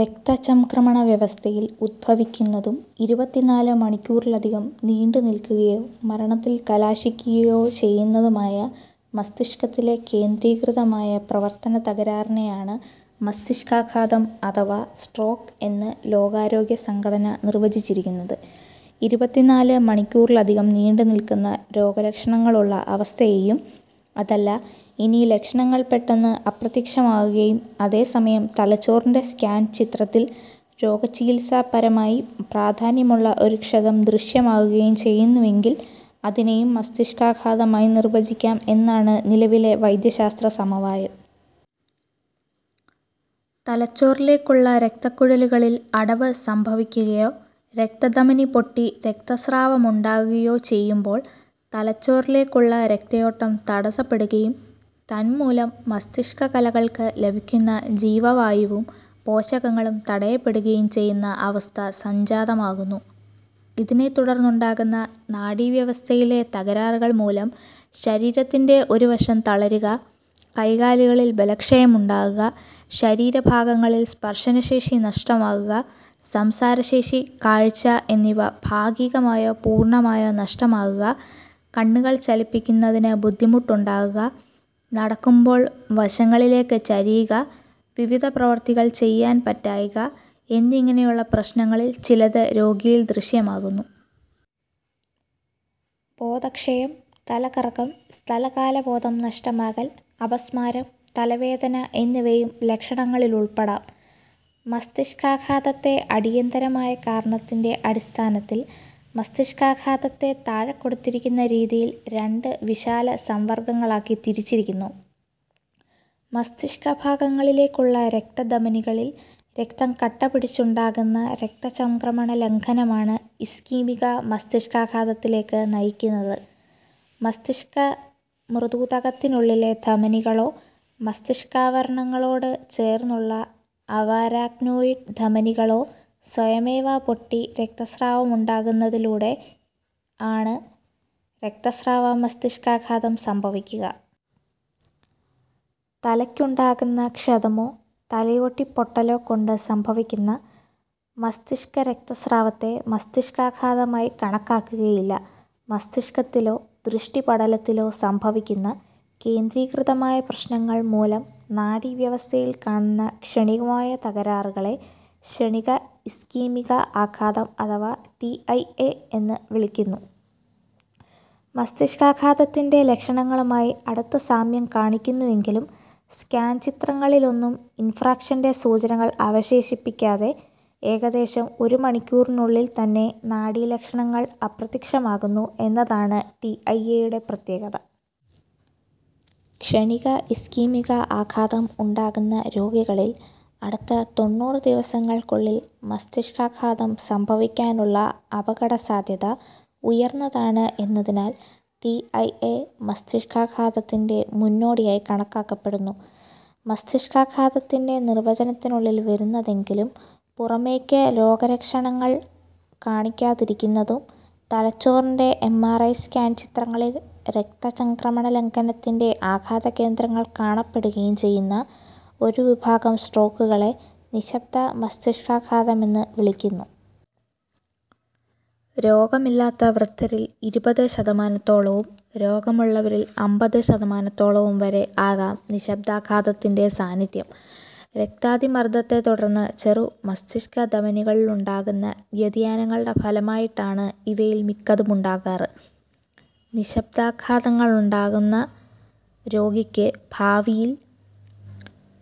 രക്തചംക്രമണവ്യവസ്ഥയിൽ ഉത്ഭവിക്കുന്നതും, ഇരുപത്തിനാല് മണിക്കൂറിലധികം നീണ്ടുനിൽക്കുകയോ മരണത്തിൽ കലാശിക്കുകയോ ചെയ്യുന്നതുമായ മസ്തിഷ്കത്തിലെ കേന്ദ്രീകൃതമായ പ്രവർത്തനത്തകരാറിനെയാണു മസ്തിഷ്കാഘാതം അഥവാ സ്ട്രോക്ക് എന്ന് ലോകാരോഗ്യ സംഘടന നിർവചിച്ചിരിക്കുന്നത്. ഇരുപത്തിനാല് മണിക്കൂറിലധികം നീണ്ടുനിൽക്കുന്ന രോഗലക്ഷണങ്ങളുള്ള അവസ്ഥയേയും, അതല്ല ഇനി ലക്ഷണങ്ങൾ പെട്ടെന്ന് അപ്രത്യക്ഷമാകുകയും അതേസമയം തലച്ചോറിന്റെ സ്കാൻ ചിത്രത്തിൽ രോഗചികിത്സാപരമായി പ്രാധാന്യമുള്ള ഒരു ക്ഷതം ദൃശ്യമാകുകയും ചെയ്യുന്നുവെങ്കിൽ അതിനെയും മസ്തിക്ഷാകാഘാതമായി നിർവചിക്കാം എന്നാണു നിലവിലെ വൈദ്യശാസ്ത്ര സമവായം. തലച്ചോറിലേക്കുള്ള രക്തക്കുഴലുകളിൽ അടവ് സംഭവിക്കുകയോ രക്തധമനി പൊട്ടി രക്തസ്രാവമുണ്ടാകുകയോ ചെയ്യുമ്പോൾ തലച്ചോറിലേക്കുള്ള രക്തയോട്ടം തടസ്സപ്പെടുകയും തന്മൂലം മസ്തിഷ്കകലകൾക്ക് ലഭിക്കുന്ന ജീവവായുവും പോഷകങ്ങളും തടയപ്പെടുകയും ചെയ്യുന്ന അവസ്ഥ സംജാതമാകുന്നു. ഇതിനെത്തുടർന്നുണ്ടാകുന്ന നാഡീവ്യവസ്ഥയിലെ തകരാറുകൾമൂലം ശരീരത്തിന്റെ ഒരു വശം തളരുക, കൈകാലുകളിൽ ബലക്ഷയമുണ്ടാകുക, ശരീരഭാഗങ്ങളിൽ സ്പർശനശേഷി നഷ്ടമാകുക, സംസാരശേഷി, കാഴ്ച എന്നിവ ഭാഗികമായോ പൂർണമായോ നഷ്ടമാകുക, കണ്ണുകൾ ചലിപ്പിക്കുന്നതിനു ബുദ്ധിമുട്ടുണ്ടാകുക, നടക്കുമ്പോൾ വശങ്ങളിലേക്ക് ചരിയുക, വിവിധപ്രവർത്തികൾ ചെയ്യാൻ പറ്റായ്ക, എന്നിങ്ങനെയുള്ള പ്രശ്നങ്ങളിൽ ചിലത് രോഗിയിൽ ദൃശ്യമാകുന്നു. ബോധക്ഷയം, തലകറക്കം, സ്ഥലകാലബോധം നഷ്ടമാകൽ, അപസ്മാരം, തലവേദന എന്നിവയും ലക്ഷണങ്ങളിലുൾപ്പെടാം. മസ്തിഷ്കാഘാതത്തെ അടിയന്തരമായ കാരണത്തിന്റെ അടിസ്ഥാനത്തിൽ മസ്തിഷ്കാഘാതത്തെ താഴെക്കൊടുത്തിരിക്കുന്ന രീതിയിൽ രണ്ടു വിശാല സംവർഗങ്ങളാക്കി തിരിച്ചിരിക്കുന്നു: മസ്തിഷ്കഭാഗങ്ങളിലേക്കുള്ള രക്തധമനികളിൽ രക്തം കട്ടപിടിച്ചുണ്ടാകുന്ന രക്തചംക്രമണലംഘനമാണു ഇസ്കീമിക മസ്തിഷ്കാഘാതത്തിലേക്ക് നയിക്കുന്നത്. മസ്തിഷ്ക മൃദൂതകത്തിനുള്ളിലെ ധമനികളോ മസ്തിഷ്കാവരണങ്ങളോട് ചേർന്നുള്ള അവാരാക്നോയിഡ് ധമനികളോ സ്വയമേവ പൊട്ടി രക്തസ്രാവമുണ്ടാകുന്നാതിലൂടെയാണു രക്തസ്രാവ മസ്തിഷ്കാഘാതം സംഭവിക്കുക. തലയ്ക്കുണ്ടാകുന്ന ക്ഷതമോ തലയോട്ടി പൊട്ടലോ കൊണ്ട് സംഭവിക്കുന്ന മസ്തിഷ്കരക്തസ്രാവത്തെ മസ്തിഷ്കാഘാതമായി കണക്കാക്കുകയില്ല. മസ്തിഷ്കത്തിലോ ദൃഷ്ടിപടലത്തിലോ സംഭവിക്കുന്ന കേന്ദ്രീകൃതമായ പ്രശ്നങ്ങൾ മൂലം നാഡീവ്യവസ്ഥയിൽ കാണുന്ന ക്ഷണികമായ തകരാറുകളെ ക്ഷണിക ഇസ്കീമിക ആഘാതം അഥവാ "ടിഐഏ" എന്ന് വിളിക്കുന്നു. മസ്തിഷ്കാഘാതത്തിന്റെ ലക്ഷണങ്ങളുമായി അടുത്ത സാമ്യം കാണിക്കുന്നുവെങ്കിലും സ്കാൻ ചിത്രങ്ങളിലൊന്നും ഇൻഫ്രാക്ഷന്റെ സൂചനകൾ അവശേഷിപ്പിക്കാതെ ഏകദേശം ഒരു മണിക്കൂറിനുള്ളിൽ തന്നെ നാഡീലക്ഷണങ്ങൾ അപ്രത്യക്ഷമാകുന്നു എന്നതാണു ടിഐഏയുടെ പ്രത്യേകത. ക്ഷണിക ഇസ്കീമിക ആഘാതം ഉണ്ടാകുന്ന രോഗികളിൽ അടുത്ത തൊണ്ണൂറ് ദിവസങ്ങൾക്കുള്ളിൽ മസ്തിഷ്കാഘാതം സംഭവിക്കാനുള്ള അപകടസാധ്യത ഉയർന്നതാണു എന്നതിനാൽ ടിഐഏ മസ്തിഷ്കാഘാതത്തിന്റെ മുന്നോടിയായി കണക്കാക്കപ്പെടുന്നു. മസ്തിഷ്കാഘാതത്തിന്റെ നിർവചനത്തിനുള്ളിൽ വരുന്നതെങ്കിലും പുറമേയ്ക്ക് രോഗലക്ഷണങ്ങൾ കാണിക്കാതിരിക്കുന്നതും തലച്ചോറിന്റെ എംആർഐ സ്കാൻ ചിത്രങ്ങളിൽ രക്തചംക്രമണലംഘനത്തിന്റെ ആഘാതകേന്ദ്രങ്ങൾ കാണപ്പെടുകയും ചെയ്യുന്ന ഒരു വിഭാഗം സ്ട്രോക്കുകളെ "നിശ്ശബ്ദ മസ്തിഷ്കാഘാത"മെന്ന് വിളിക്കുന്നു. രോഗമില്ലാത്ത വൃദ്ധരിൽ ഇരുപതുശതമാനത്തോളവും രോഗമുള്ളവരിൽ അമ്പത്ശതമാനത്തോളവും വരെ ആകാം നിശ്ശബ്ദാഘാതത്തിന്റെ സാന്നിധ്യം. രക്താതിമർദ്ദത്തെത്തുടർന്ന് ചെറു മസ്തിഷ്കധമനികളിലുണ്ടാകുന്ന വ്യതിയാനങ്ങളുടെ ഫലമായിട്ടാണു ഇവയിൽ മിക്കതുമുണ്ടാകാറ്. നിശ്ശബ്ദാഘാതങ്ങളുണ്ടാകുന്ന രോഗിയ്ക്ക് ഭാവിയിൽ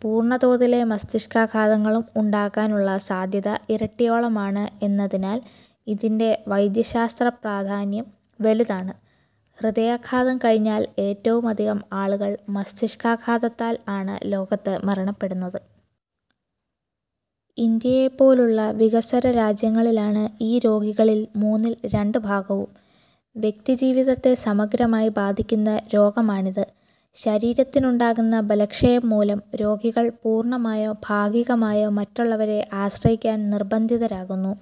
പൂർണതോതിലെ മസ്തിഷ്കാഘാതങ്ങളും ഉണ്ടാകാനുള്ള സാധ്യത ഇരട്ടിയോളമാണു എന്നതിനാൽ ഇതിന്റെ വൈദ്യശാസ്ത്രപ്രാധാന്യം വലുതാണ്. ഹൃദയാഘാതം കഴിഞ്ഞാൽ ഏറ്റവുമധികം ആളുകൾ മസ്തിഷ്കാഘാതത്താൽ ആണ് ലോകത്ത് മരണപ്പെടുന്നത്. ഇന്ത്യയെപ്പോലുള്ള വികസ്വര രാജ്യങ്ങളിലാണു ഈ രോഗികളിൽ മൂന്നിൽ രണ്ട് ഭാഗവും. വ്യക്തിജീവിതത്തെ സമഗ്രമായി ബാധിക്കുന്ന രോഗമാണിത്. ശരീരത്തിനുണ്ടാകുന്ന ബലക്ഷയം മൂലം രോഗികൾ പൂർണമായോ ഭാഗികമായോ മറ്റുള്ളവരെ ആശ്രയിക്കാൻ നിർബന്ധിതരാകുന്നു.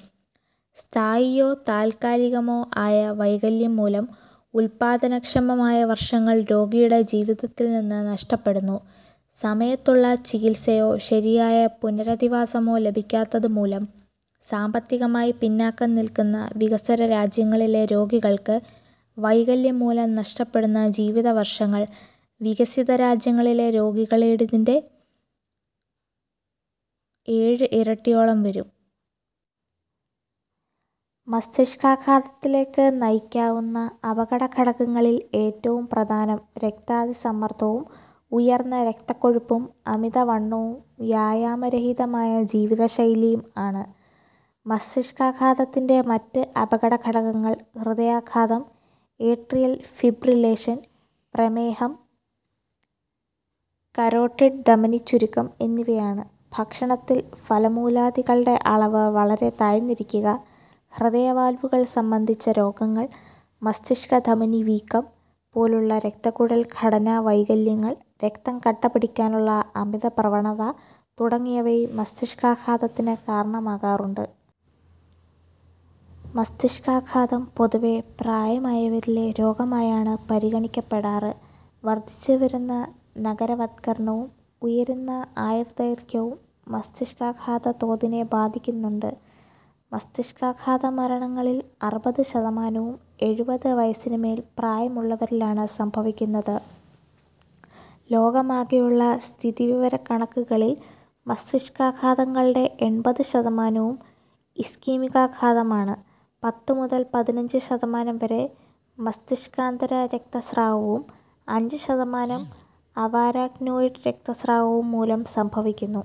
സ്ഥായിയോ താൽക്കാലികമോ ആയ വൈകല്യം മൂലം ഉല്പാദനക്ഷമമായ വർഷങ്ങൾ രോഗിയുടെ ജീവിതത്തിൽ നിന്ന് നഷ്ടപ്പെടുന്നു. സമയത്തുള്ള ചികിത്സയോ ശരിയായ പുനരധിവാസമോ ലഭിക്കാത്തതുമൂലം സാമ്പത്തികമായി പിന്നാക്കം നിൽക്കുന്ന വികസ്വരരാജ്യങ്ങളിലെ രോഗികൾക്ക് വൈകല്യംമൂലം നഷ്ടപ്പെടുന്ന ജീവിതവർഷങ്ങൾ വികസിതരാജ്യങ്ങളിലെ രോഗികളുടേതിന്റെ ഏഴ് ഇരട്ടിയോളം വരും. മസ്തിഷ്കാഘാതത്തിലേക്ക് നയിക്കാവുന്ന അപകടഘടകങ്ങളിൽ ഏറ്റവും പ്രധാനം രക്താതിസമ്മർദ്ദവും ഉയർന്ന രക്തക്കൊഴുപ്പും അമിതവണ്ണവും വ്യായാമരഹിതമായ ജീവിതശൈലിയും ആണ്. മസ്തിഷ്കാഘാതത്തിന്റെ മറ്റ് അപകടഘടകങ്ങൾ ഹൃദയാഘാതം, ഏട്രിയൽ ഫിബ്രിലേഷൻ, പ്രമേഹം, കരോട്ടിഡ് ധമനിച്ചുരുക്കം എന്നിവയാണ്. ഭക്ഷണത്തിൽ ഫലമൂലാദികളുടെ അളവ് വളരെ താഴ്ന്നിരിക്കുക, ഹൃദയവാൽവുകൾ സംബന്ധിച്ച രോഗങ്ങൾ, മസ്തിഷ്കധമനിവീക്കം പോലുള്ള രക്തക്കുഴൽ ഘടനാവൈകല്യങ്ങൾ, രക്തം കട്ടപിടിക്കാനുള്ള അമിതപ്രവണത തുടങ്ങിയവയും മസ്തിഷ്കാഘാതത്തിനു കാരണമാകാറുണ്ട്. മസ്തിഷ്കാഘാതം പൊതുവേ പ്രായമായവരിലെ രോഗമായാണു പരിഗണിക്കപ്പെടാറ്. വർദ്ധിച്ചുവരുന്ന നഗരവത്കരണവും ഉയരുന്ന ആയുർദൈർഘ്യവും മസ്തിഷ്കാഘാത തോതിനെ ബാധിക്കുന്നുണ്ട്. മസ്തിഷ്കാഘാതമരണങ്ങളിൽ അറുപത് ശതമാനവും എഴുപത് വയസിനുമേൽ പ്രായമുള്ളവരിലാണു സംഭവിക്കുന്നത്. ലോകമാകെയുള്ള സ്ഥിതിവിവരക്കണക്കുകളിൽ മസ്തിഷ്കാഘാതങ്ങളുടെ എൺപത് ശതമാനവും ഇസ്കീമികാഘാതമാണ്. പത്ത് മുതൽ പതിനഞ്ച് ശതമാനം വരെ മസ്തിഷ്കാന്തര രക്തസ്രാവവും അഞ്ച് ശതമാനം അവാരാക്നോയിഡ് രക്തസ്രാവവും മൂലം സംഭവിക്കുന്നു